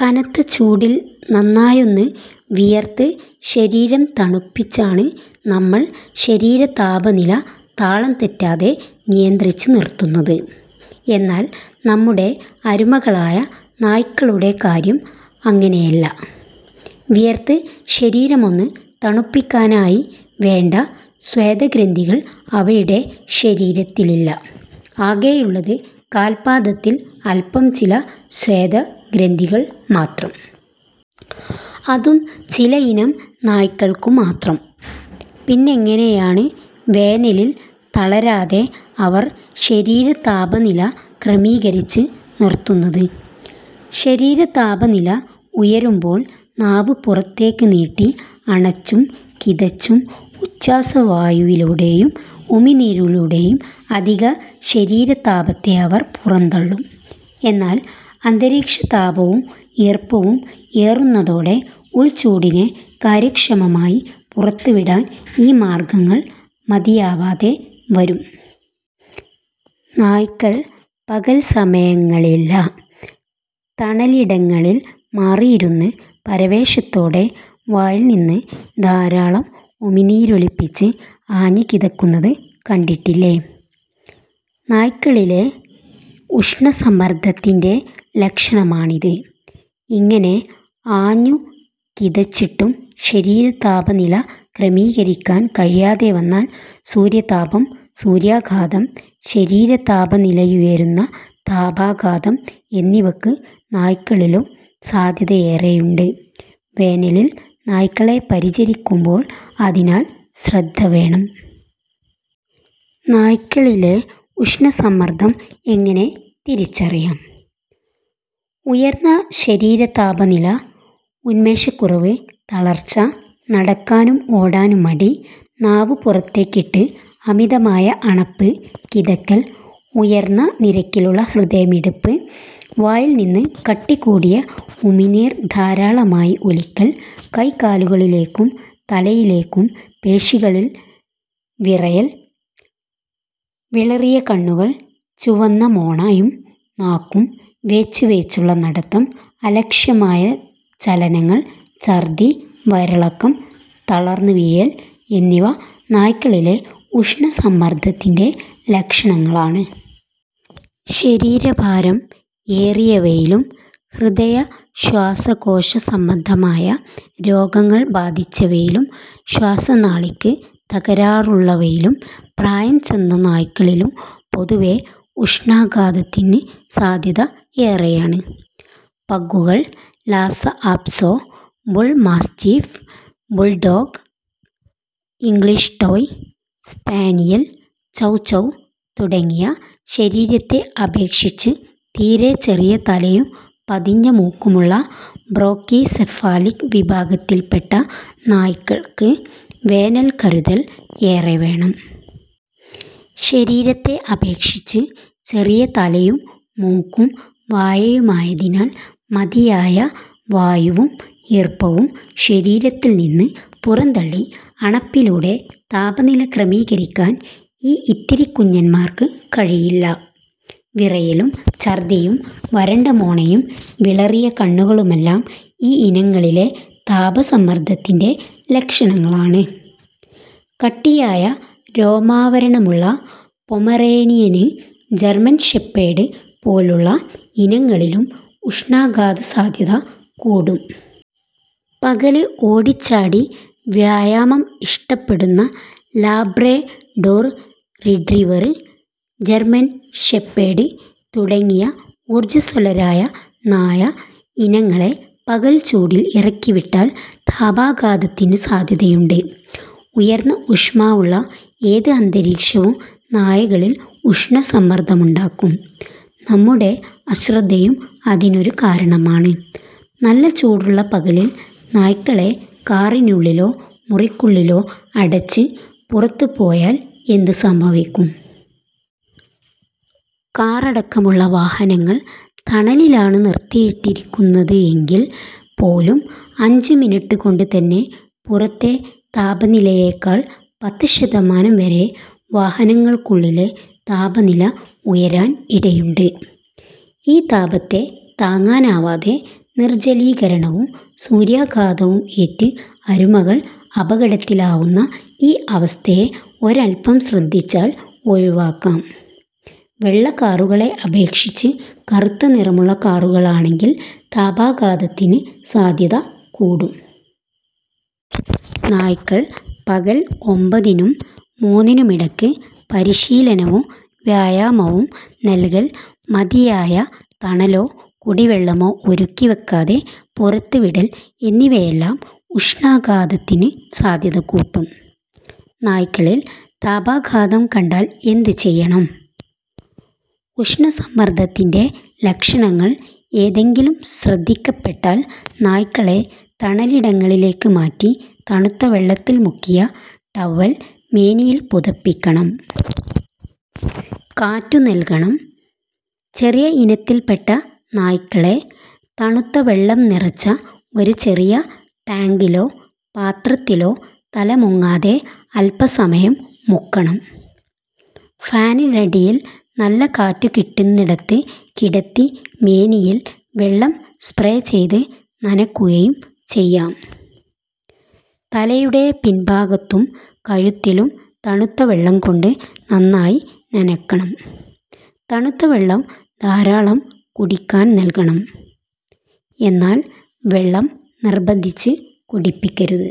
കനത്ത ചൂടില്‍ നന്നായൊന്ന് വിയര്‍ത്ത് ശരീരം തണുപ്പിച്ചാണ് നമ്മള്‍ ശരീര താപനില താളം തെറ്റാതെ നിയന്ത്രിച്ച് നിര്‍ത്തുന്നത്. എന്നാല്‍ നമ്മുടെ അരുമകളായ നായ്ക്കളുടെ കാര്യം അങ്ങനെയല്ല. വിയര്‍ത്ത് ശരീരമൊന്ന് തണുപ്പിക്കുന്നതിനായി വേണ്ട സ്വേദഗ്രന്ഥികൾ അവയുടെ ശരീരത്തിലില്ല, ആകെയുള്ളത് കാൽ പാദത്തിൽ അല്‍പ്പം ചില സ്വേദഗ്രന്ഥികൾ മാത്രം. അതും ചിലയിനം നായ്ക്കള്ക്കു മാത്രം. പിന്നെങ്ങെനെയാണ് വേനലില്‍ തളരാതെ അവര്‍ ശരീരതാപനില ക്രമീകരിച്ച് നിര്‍ത്തുന്നത്? ശരീരതാപനില ഉയരുമ്പോള്‍ നാവ് പുറത്തേക്ക് നീട്ടി അണച്ചും കിതച്ചും ഉച്ഛ്വാസവായുവിലൂടെയും ഉമിനീരിലൂടെയും അധിക ശരീരതാപത്തെ അവര്‍ പുറന്തളളും. എന്നാല്‍ അന്തരീക്ഷതാപവും ഈര്‍പ്പവും ഏറുന്നതോടെ ഉൾചൂടിനെ കാര്യക്ഷമമായി പുറത്തുവിടാന്‍ ഈ മാര്‍ഗ്ഗങ്ങള്‍ മതിയാവാതെ വരും. നായ്ക്കള്‍ പകല്‍ സമയങ്ങളില്ല തണലിടങ്ങളിൽ മാറിയിരുന്ന് പരവേശത്തോടെ വായില്നിന്ന് ധാരാളം ഉമിനീരൊലിപ്പിച്ച് ആഞ്ഞ് കിതയ്ക്കുന്നത് കണ്ടിട്ടില്ലേ? നായ്ക്കളിലെ ഉഷ്ണ സമ്മര്‍ദ്ദത്തിന്‍റെ ലക്ഷണമാണിത്. ഇങ്ങനെ ആഞ്ഞു കിതച്ചിട്ടും ശരീരതാപനില ക്രമീകരിക്കാന്‍ കഴിയാതെ വന്നാല്‍ സൂര്യാതാപം, സൂര്യാഘാതം, ശരീരതാപനിലയുയരുന്ന താപാഘാതം എന്നിവയ്ക്ക് നായ്ക്കളിലും സാധ്യതയേറെയുണ്ട്. വേനലില്‍ നായ്ക്കളെ പരിചരിക്കുമ്പോള്‍ അതിനാല് ശ്രദ്ധവേണം. നായ്ക്കളിലെ ഉഷ്ണസമ്മർദ്ദം എങ്ങനെ തിരിച്ചറിയാം? ഉയര്‍ന്ന ശരീര താപനില, ഉന്മേഷക്കുറവ്, തളര്‍ച്ച, നടക്കാനും ഓടാനും മടി, നാവ് പുറത്തേക്കിട്ട് അമിതമായ അണപ്പ്, കിതയ്ക്കല്‍, ഉയര്‍ന്ന നിരക്കിലുള്ള ഹൃദയമിടിപ്പ്, വായില്നിന്ന് കട്ടികൂടിയ ഉമിനീർ ധാരാളമായി ഒലിക്കല്‍, കൈകാലുകളിലേയും തലയിലെയും പേശികളില്‍ വിറയല്‍, വിളറിയ കണ്ണുകള്‍, ചുവന്ന മോണയും നാക്കും, വേച്ച് വേച്ചുള്ള നടത്തം, അലക്ഷ്യമായ ചലനങ്ങള്‍, ഛര്‍ദ്ദി, വയറിളക്കം, തളര്‍ന്ന് വീഴല്‍ എന്നിവ നായ്ക്കളിലെ ഉഷ്ണസമ്മർദ്ദത്തിന്റെ ലക്ഷണങ്ങളാണ്. ശരീരഭാരം ഏറിയവയിലും ഹൃദയ-ശ്വാസകോശ സംബന്ധമായ രോഗങ്ങള്‍ ബാധിച്ചവയിലും ശ്വസനനാളിക്ക് തകരാറുള്ളവയിലും പ്രായം ചെന്ന നായ്ക്കളിലും പൊതുവെ ഉഷ്ണാഘാതത്തിന് സാധ്യത ഏറെയാണ്. പഗ്ഗുകള്, Lhasa apso, bull mastiff, bulldog, English toy spaniel, chow chow തുടങ്ങിയ ശരീരത്തെ അപേക്ഷിച്ച് തീരെ ചെറിയ തലയും പതിഞ്ഞ മൂക്കുമുള്ള ബ്രാക്കിസെഫാലിക് വിഭാഗത്തില്പ്പെട്ട നായ്ക്കള്‍ക്ക് വേനല്‍ കരുതല്‍ ഏറെ വേണം. ശരീരത്തെ അപേക്ഷിച്ച് ചെറിയ തലയും മൂക്കും വായയുമായതിനാൽ മതിയായ വായുവും ഈര്‍പ്പവും ശരീരത്തില്നിന്ന് പുറന്തള്ളി അണപ്പിലൂടെ താപനില ക്രമീകരിക്കാന്‍ ഈ ഇത്തിരി കുഞ്ഞന്മാർക്ക് കഴിയില്ല. വിറയലും ഛര്‍ദ്ദിയും വരണ്ട മോണയും വിളറിയ കണ്ണുകളുമെല്ലാം ഈയിനങ്ങളിലെ താപ സമ്മർദ്ദത്തിന്റെ ലക്ഷണങ്ങളാണ്. കട്ടിയായ രോമാവരണമുള്ള പൊമറേനിയന്, ജര്‍മൻ ഷെപ്പേഡ് പോലുള്ള ഇനങ്ങളിലും ഉഷ്ണാഘാതസാധ്യത കൂടും. പകല് ഓടിച്ചാടി വ്യായാമം ഇഷ്ടപ്പെടുന്ന ലാബ്രഡോര് റിട്രീവര്, ജര്മന് ഷെപ്പേര്ഡ് തുടങ്ങിയ ഊര്ജസ്വലരായ നായ ഇനങ്ങളെ പകല്ചൂടില് ഇറക്കിവിട്ടാല്‍ താപാഘാതത്തിന് സാധ്യതയുണ്ട്. ഉയര്‍ന്ന ഊഷ്മാവുള്ള ഏത് അന്തരീക്ഷവും നായകളില്‍ ഉഷ്ണസമ്മർദ്ദമുണ്ടാക്കും. നമ്മുടെ അശ്രദ്ധയും അതിനൊരു കാരണമാണ്. നല്ല ചൂടുള്ള പകലില്‍ നായ്ക്കളെ കാറിനുള്ളിലോ, മുറിയ്ക്കുള്ളിലോ അടച്ച് പുറത്ത് പോയാല്‍ എന്ത് സംഭവിക്കും? കാറടക്കമുള്ള വാഹനങ്ങള്‍ തണലിലാണ് നിർത്തിയിട്ടിരിക്കുന്നത് എങ്കില്‍ പോലും അഞ്ചു മിനിറ്റ് കൊണ്ടു തന്നെ പുറത്തെ താപനിലയേക്കാള് പത്ത് ശതമാനം വരെ വാഹനങ്ങള്‍ക്കുള്ളിലെ താപനില ഉയരാന്‍ ഇടയുണ്ട്. ഈ താപത്തെ താങ്ങാനാവാതെ നിർജലീകരണവും, സൂര്യാഘാതവും ഏറ്റ് അരുമകള്‍ അപകടത്തിലാവുന്ന ഈ അവസ്ഥയെ അൽപം ശ്രദ്ധിച്ചാല്‍ ഒഴിവാക്കാം. വെള്ള കാറുകളെ അപേക്ഷിച്ച് കറുത്ത നിറമുള്ള കാറുകളാണെങ്കിൽ താപാഘാതത്തിന് സാധ്യത കൂടും. നായ്ക്കള്‍ക്ക് പകല്‍ ഒമ്പതിനും മൂന്നിനുമിടയ്ക്ക് പരിശീലനവും വ്യായാമവും നല്കല്, മതിയായ തണലോ കുടിവെള്ളമോ ഒരുക്കി വയ്ക്കാതെ പുറത്ത് വിടല്‍ എന്നിവയെല്ലാം ഉഷ്ണാഘാതത്തിന് സാധ്യതകൂട്ടും. നായ്ക്കളില്‍ താപാഘാതം കണ്ടാല്‍ എന്ത് ചെയ്യണം? ഉഷ്ണസമ്മർദ്ദത്തിന്റെ ലക്ഷണങ്ങള്‍ ഏതെങ്കിലും ശ്രദ്ധിക്കപ്പെട്ടാല്‍ നായ്ക്കളെ തണലിടങ്ങളിലേക്ക് മാറ്റി തണുത്ത വെള്ളത്തില്‍ മുക്കിയ ടവ്വൽ മേനിയില്‍ പുതപ്പിക്കണം. കാറ്റും നല്കണം. ചെറിയ ഇനത്തിൽപ്പെട്ട നായ്ക്കളെ തണുത്ത വെള്ളം നിറച്ച ഒരു ചെറിയ ടാങ്കിലോ പാത്രത്തിലോ തല മുങ്ങാതെ അല്പ്പസമയം മുക്കണം. ഫാനിനടിയിൽ നല്ല കാറ്റു കിട്ടുന്നിടത്ത് കിടത്തി മേനിയില്‍ വെള്ളം സ്പ്രേ ചെയ്ത് നനയ്ക്കുകയും ചെയ്യാം. തലയുടെ പിൻ ഭാഗത്തും കഴുത്തിലും തണുത്തവെള്ളം കൊണ്ട് നന്നായി നനയ്ക്കണം. തണുത്ത വെള്ളം ധാരാളം കുടിക്കാന്‍ നല്കണം. എന്നാല്‍, വെള്ളം നിര്‍ബന്ധിച്ച് കുടിപ്പിക്കരുത്.